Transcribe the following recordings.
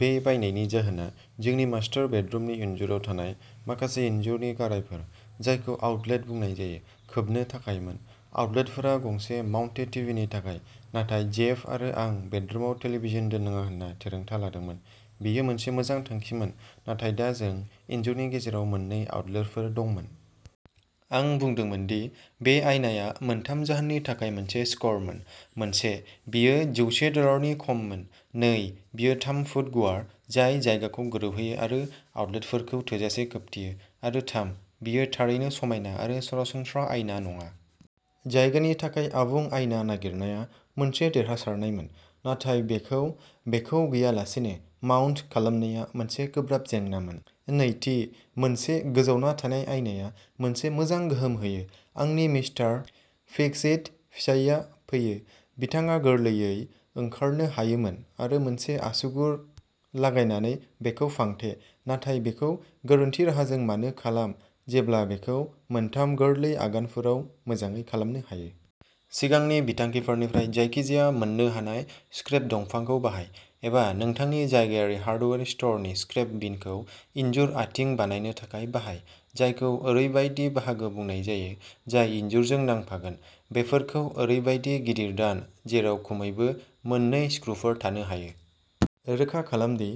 बे बायनायनि जाहोना जोंनि मास्टार बेडरुमनि इनजुराव थानाय माखासे इनजुरनि गारायफोर, जायखौ आउटलेट बुंनाय जायो, खोबनो थाखायमोन। आउटलेटफोरा गंसे माउन्टेड टिभिनि थाखाय, नाथाय जेफ आरो आं बेडरुमाव टेलिभिजन दोन्नाङा होनना थिरांथा लादोंमोन। बेयो मोनसे मोजां थांखिमोन, नाथाय दा जों इनजुरनि गेजेराव मोननै आउटलेटफोर दंमोन। आं बुंदोंमोन दि बे आयनाआ मोनथाम जाहोननि थाखाय मोनसे स्करमोन। मोनसे, बेयो जौसे डलारनि खममोन। नै, बेयो थाम फुट गुवार, जाय जायगाखौ गोरोबहोयो आरो आउटलेटफोरखौ थोजासे खोबथेयो। आरो थाम, बेयो थारैनो समायना आरो सरासनस्रा आयना नङा। जायगानि थाखाय आबुं आयना नागिरनाया मोनसे देरहासारनायमोन, नाथाय बेखौ बेखौ गैयालासेनो माउन्ट खालामनाया मोनसे गोब्राब जेंनामोन। नैथि, मोनसे गोजावना थानाय आयनाआ मोनसे मोजां गोहोम होयो। आंनि मिस्टार फिक्स इट फिसायआ फैयो। बिथाङा गोरलैयै ओंखारनो हायोमोन आरो मोनसे आसुगुर लागायनानै बेखौ फांथे, नाथाय बेखौ गोरोन्थि राहाजों मानो खालाम, जेब्ला बेखौ मोनथाम गोरलै आगानफोराव मोजाङै खालामनो हायो। सिगांनि बिथांखिफोरनिफ्राय जायखिजाया मोन्नो हानाय स्क्रेप दंफांखौ बाहाय, एबा नोंथांनि जायगायारि हार्डवेर स्टरनि स्क्रेप बिनखौ इनजुर आथिं बानायनो थाखाय बाहाय, जायखौ ओरैबायदि बाहागो बुंनाय जायो जाय इनजुरजों नांफागोन। बेफोरखौ ओरैबायदि गिदिर दान, जेराव खमैबो मोन नै स्क्रुफोर थानो हायो। रोखा खालाम दि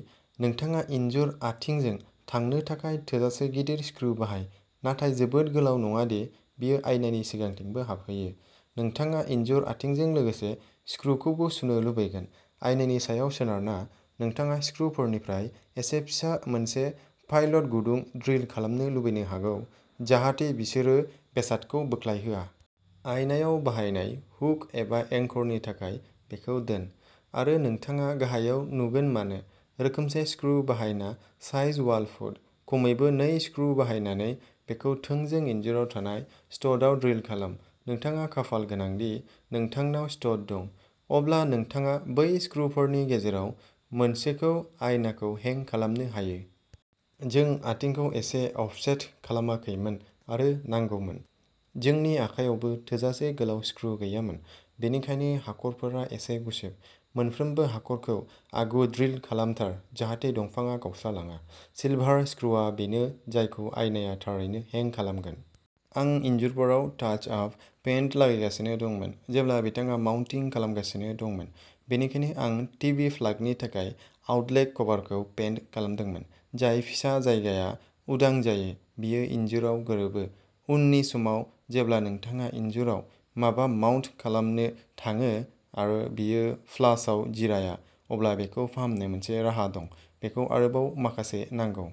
नोंथाङा इनजुर आथिंजों थांनो थाखाय थोजासे गिदिर स्क्रु बाहाय, नाथाय जोबोद गोलाव नङा दि बेयो आयनानि सिगांथिंबो हाबहैयो। नोंथाङा इनजुर आथिंजों लोगोसे स्क्रुखौबो सुनो लुबैगोन। आयनानि सायाव सोनारना, नोंथाङा स्क्रुफोरनिख्रुइ एसे फिसा मोनसे पाइलट गुदुं ड्रिल खालामनो लुबैनो हागौ, जाहाथे बिसोरो बेसादखौ बोख्लायहोआ। आयनाआव बानायनाय हुक एबा एंकरनि थाखाय, बेखौ दोन, आरो नोंथाङा गाहायाव नुगोन मानो। रोखोमसे स्क्रु बाहायना साइज वाल फुट, खमैबो नै स्क्रु बाहायनानै, बेखौ थोंजों इनजुराव थानाय स्टडआव ड्रिल खालाम। नोंथाङा खाफालगोनां दि नोंथांनाव स्टड दं, अब्ला नोंथाङा बै स्क्रुफोरनि गेजेराव मोनसेखौ आयनाखौ हेंग खालामनो हायो। जों आथिंखौ एसे अफसेट खालामाखैमोन आरो नांगौमोन। जोंनि आखायावबो थोजासे गोलाव स्क्रु गैयामोन, बेनिखायनो हाखरफोरा एसे गुसेब। मोनफ्रोमबो हाखरखौ आगु ड्रिल खालामथार, जाहाथे दंफांआ गावस्रालाङा। सिलभार स्क्रुआ बेनो जायखौ आयनाआ थारैनो हेंग खालामगोन। आं इनजुरफोराव टाच आप पेन्ट लागायगासिनो दंमोन जेब्ला बिथाङा माउन्टिं खालामगासिनो दंमोन, बेनिखायनो आं टिभि प्लागनि थाखाय आउटलेट कभारखौ पेन्ट खालामदोंमोन। जाय फिसा जायगाया उदां जायो, बेयो इनजुराव गोरोबो। उननि समाव जेब्ला नोंथाङा इनजुराव माबा माउन्ट खालामनो थाङो आरो बेयो फ्लासआव जिराया, अब्ला बेखौ फाहामनो मोनसे राहा दं। बेखौ आरोबाव माखासे नांगौ।